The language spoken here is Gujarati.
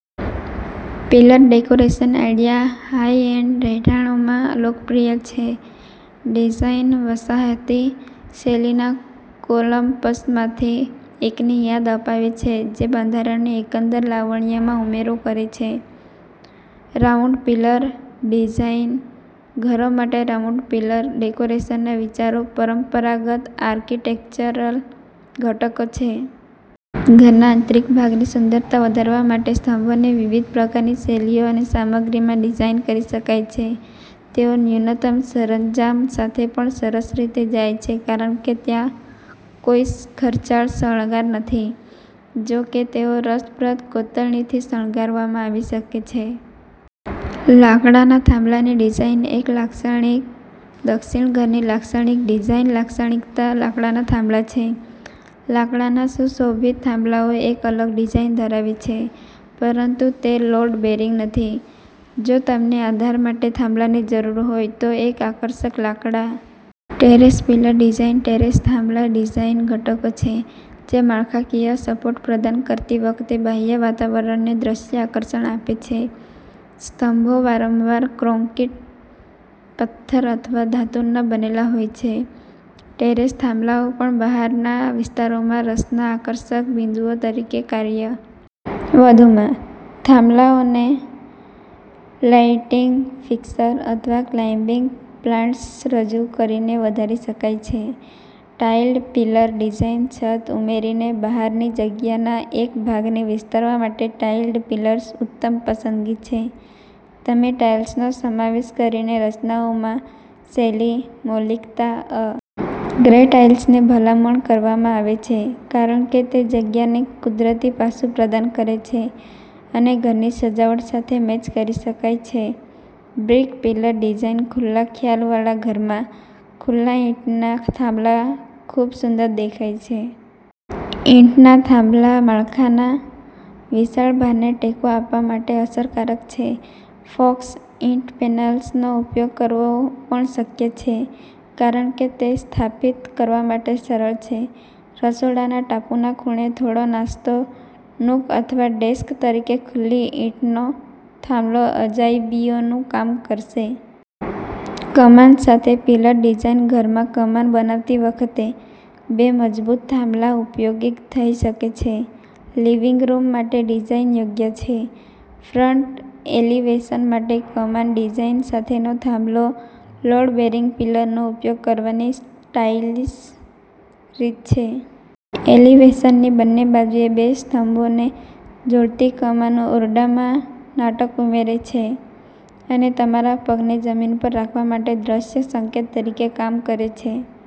પિલર ડેકોરેશન આઈડિયા હાઈ-એન્ડ રહેઠાણોમાં લોકપ્રિય છે. ડિઝાઇન વસાહતી શૈલીના કૉલમ્સમાંથી એકની યાદ અપાવે છે જે બંધારણની એકંદર લાવણ્યમાં ઉમેરો કરે છે. રાઉન્ડ પિલર ડિઝાઇન, ઘરો માટે રાઉન્ડ પિલર ડેકોરેશનના વિચારો પરંપરાગત આર્કિટેક્ચરલ ઘટકો છે. ઘરના આંતરિક ભાગની સુંદરતા વધારવા માટે સ્તંભોને વિવિધ પ્રકારની શૈલીઓ અને સામગ્રીમાં ડિઝાઇન કરી શકાય છે. તેઓ ન્યૂનતમ સરંજામ સાથે પણ સરસ રીતે જાય છે કારણ કે ત્યાં કોઈ ખર્ચાળ શણગાર નથી. જો કે, તેઓ રસપ્રદ કોતરણીથી શણગારવામાં આવી શકે છે. લાકડાના થાંભલાની ડિઝાઇન એક લાક્ષણિક દક્ષિણ ઘરની લાક્ષણિક ડિઝાઇન લાક્ષણિકતા લાકડાના થાંભલા છે. લાકડાના સુશોભિત થાંભલાઓ એક અલગ ડિઝાઇન ધરાવે છે પરંતુ તે લોડ બેરિંગ નથી. જો તમને આધાર માટે થાંભલાની જરૂર હોય તો એક આકર્ષક લાકડાની કોતરણીનો સ્તંભ તમારા ઘરમાં પરંપરાગત સ્પર્શ લાવશે. ટેરેસ પિલર ડિઝાઇન ટેરેસ થાંભલા ડિઝાઇન ઘટકો છે જે માળખાકીય સપોર્ટ પ્રદાન કરતી વખતે બાહ્ય વાતાવરણને દ્રશ્ય આકર્ષણ આપે છે. સ્તંભો વારંવાર કોંક્રિટ, પથ્થર અથવા ધાતુના બનેલા હોય છે. ટેરેસ થાંભલાઓ પણ બહારના વિસ્તારોમાં રસના આકર્ષક બિંદુઓ તરીકે કાર્ય કરે છે. વધુમાં, થાંભલાઓને લાઇટિંગ ફિક્સર અથવા ક્લાઇમ્બિંગ પ્લાન્ટ્સ રજૂ કરીને વધારી શકાય છે. ટાઇલ્ડ પિલર ડિઝાઇન છત ઉમેરીને બહારની જગ્યાના એક ભાગને વિસ્તારવા માટે ટાઇલ્ડ પિલર્સ ઉત્તમ પસંદગી છે. તમે ટાઇલ્સનો સમાવેશ કરીને રચનાઓમાં શૈલી, મૌલિકતા અને ટેક્સચરની ભાવના ઉમેરી શકો છો. ગ્રે ટાઇલ્સની ભલામણ કરવામાં આવે છે કારણ કે તે જગ્યાને કુદરતી પાસું પ્રદાન કરે છે અને ઘરની સજાવટ સાથે મેચ કરી શકાય છે. બ્રિક પિલર ડિઝાઇન ખુલ્લા ખ્યાલવાળા ઘરમાં, ખુલ્લા ઈંટના થાંભલા ખૂબ સુંદર દેખાય છે. ઈંટના થાંભલા માળખાના વિશાળ ભારને ટેકો આપવા માટે અસરકારક છે. ફોક્સ ઈંટ પેનલ્સનો ઉપયોગ કરવો પણ શક્ય છે કારણ કે તે સ્થાપિત કરવા માટે સરળ છે. રસોડાના ટાપુના ખૂણે થોડો નાસ્તો નૂક અથવા ડેસ્ક તરીકે ખુલ્લી ઈંટનો થાંભલો અજાયબીઓનું કામ કરશે. કમાન સાથે પિલર ડિઝાઇન ઘરમાં કમાન બનાવતી વખતે, બે મજબૂત થાંભલા ઉપયોગી થઈ શકે છે. લિવિંગ રૂમ માટે ડિઝાઇન યોગ્ય છે. ફ્રન્ટ એલિવેશન માટે કમાન ડિઝાઇન સાથેનો થાંભલો લોડ બેરિંગ પિલરનો ઉપયોગ કરવાની સ્ટાઇલિશ રીત છે. એલિવેશનની બંને બાજુએ બે સ્તંભોને જોડતી કમાન ઓરડામાં નાટક ઉમેરે છે અને તમારા પગને જમીન પર રાખવા માટે દ્રશ્ય સંકેત તરીકે કામ કરે છે.